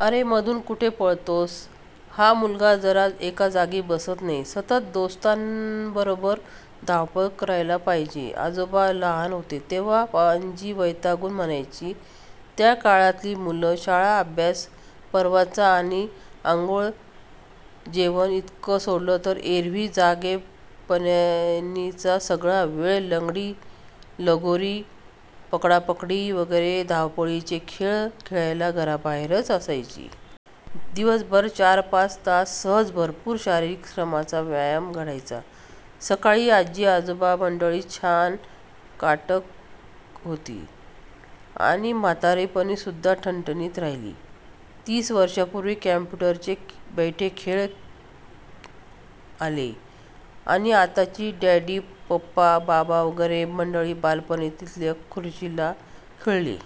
"अरे मधू, कुठे पळतोयस? हा मुलगा जरा एकाजागी बसत नाही! सतत दोस्तांबरोबर धावपळ करायला पाहिजे! " आजोबा लहान होते तेव्हा पणजी वैतागून म्हणायची! त्या काळातली मुलं शाळा-अभ्यास-परवचा आणि अंघोळ-जेवण इतकं सोडलं तर एरवी जागेपणीचा सगळा वेळ लंगडी, लगोरी, पकडापकडी वगैरे धावपळीचे खेळ खेळायला घराबाहेरच असायची. दिवसभरात चारपाच तास सहज भरपूर शारीरिक श्रमांचा व्यायाम घडायचा. सगळी आजी-आजोबामंडळी छान काटक होती आणि म्हातारपणीसुद्धा ठणठणीत राहिली. तीस वर्षांपूर्वी कॉम्प्युटरचे बैठे खेळ आले आणि आताची डॅडी, पप्पा, बाबा वगैरे मंडळी बालपणातच खुर्चीला खिळली.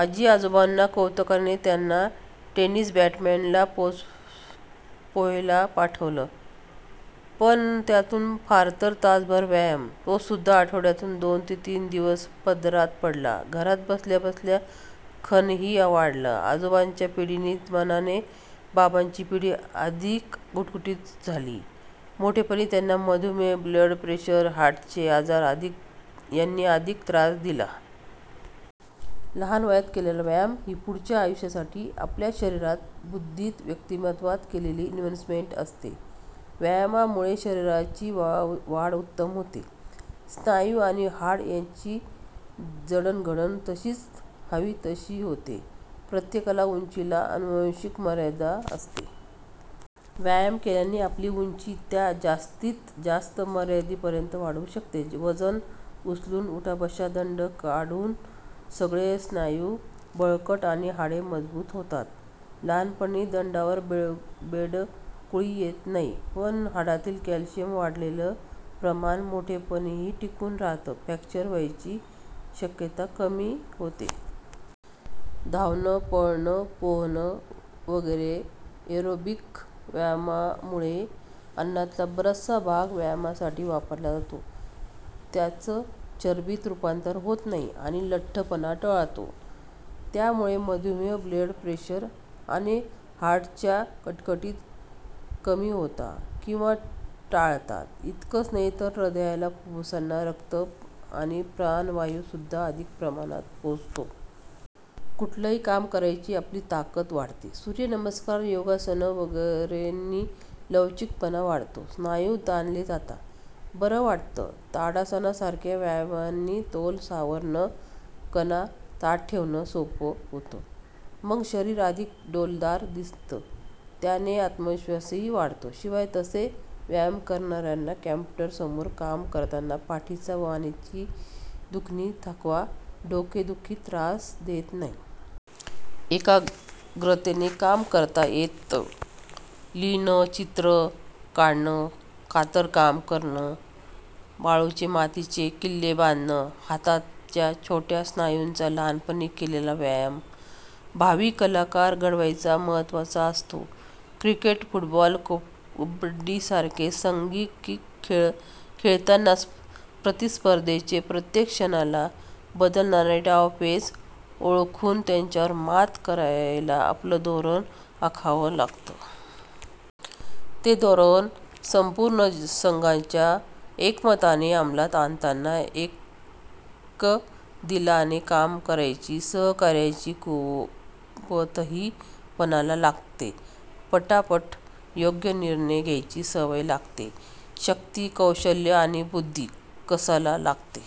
आजीआजोबांनी कौतुकाने त्यांना टेनिस-बॅडमिंटनला, पोहायला पाठवलं. पण त्यातून फारतर तासभर व्यायाम, तोसुद्धा आठवड्यातून दोन-तीनच दिवस पदरात पडला. घरात बसल्याबसल्या खाणंही वाढलं. आजोबांच्या पिढीच्या मानाने बाबांची पिढी अधिक गुटगुटीत झाली. मोठेपणी त्यांना मधुमेह, ब्लड प्रेशर, हार्टचे आजार यांनी अधिक त्रास दिला. लहान वयात केलेला व्यायाम ही पुढच्या आयुष्यासाठी आपल्याच शरीरात, बुद्धीत, व्यक्तिमत्त्वात केलेली इनव्हेस्टमेंट असते. व्यायामामुळे शरीराची वाढ उत्तम होते. स्नायू आणि हाडं यांची जडणघडण जशी हवी तशी होते. प्रत्येकाच्या उंचीला आनुवांशिक मर्यादा असते. व्यायाम केल्याने आपली उंची त्या जास्तीत जास्त मर्यादेपर्यंत वाढू शकते. वजनं उचलून, उठाबशा-दंड काढून सगळे स्नायू बळकट आणि हाडं मजबूत होतात. लहानपणी दंडावर बेटकुळी येत नाही. पण हाडांतलं कॅल्शियमचं वाढलेलं प्रमाण मोठेपणीही टिकून राहातं, फ्रॅक्चर व्हायची शक्यता कमी होते. धावणं, पळणं, पोहणं वगैरे एरोबिक व्यायामांमुळे अन्नातला बराचसा भाग व्यायामासाठी वापरला जातो, त्याचं चरबीत रूपांतर होत नाही आणि लठ्ठपणा टळतो. त्यामुळे मधुमेह, ब्लड प्रेशर आणि हार्टच्या कटकटी कमी होतात किंवा टळतात. इतकंच नाही तर हृदयाला, फुप्फुसांना रक्त आणि प्राणवायूसुद्धा अधिक प्रमाणात पोचतो. कुठलंही काम करायची आपली ताकद वाढते. सूर्यनमस्कार, योगासनं वगैरेंनी लवचिकपणा वाढतो, स्नायू ताणले जातात, बरं वाटतं. ताडासनासारख्या व्यायामांनी तोल सावरणं, कणा ताठ ठेवणं सोपं होतं. मग शरीर अधिक डौलदार दिसतं. त्याने आत्मविश्वासही वाढतो. शिवाय तसे व्यायाम करणाऱ्यांना कॉम्प्युटरसमोर काम करताना पाठीची, मानेची दुखणी, थकवा, डोकेदुखी त्रास देत नाहीत. एकाग्रतेने काम करता येतं. लिहिणं, चित्र काढणं, कातरकाम करणं, वाळूचे, मातीचे किल्ले बांधणं हा हाताच्या छोट्या स्नायूंचा लहानपणी केलेला व्यायाम भावी कलाकार घडवायला महत्त्वाचा असतो. क्रिकेट, फुटबॉल, कबड्डीसारखे सांघिक खेळ खेळताना प्रतिस्पर्ध्यांचे प्रत्येक क्षणाला बदलणारे डावपेच ओळखून त्यांच्यावर मात करायला आपलं धोरण आखावं लागतं. ते धोरण संपूर्ण संघाच्या एकमताने अमलात आणताना एकदिलाने काम करायची, सहकार्याची कुवतही पणाला लागते. पटापट योग्य निर्णय घ्यायची सवय लागते. शक्ती, कौशल्य आणि बुद्धी कसाला लागते.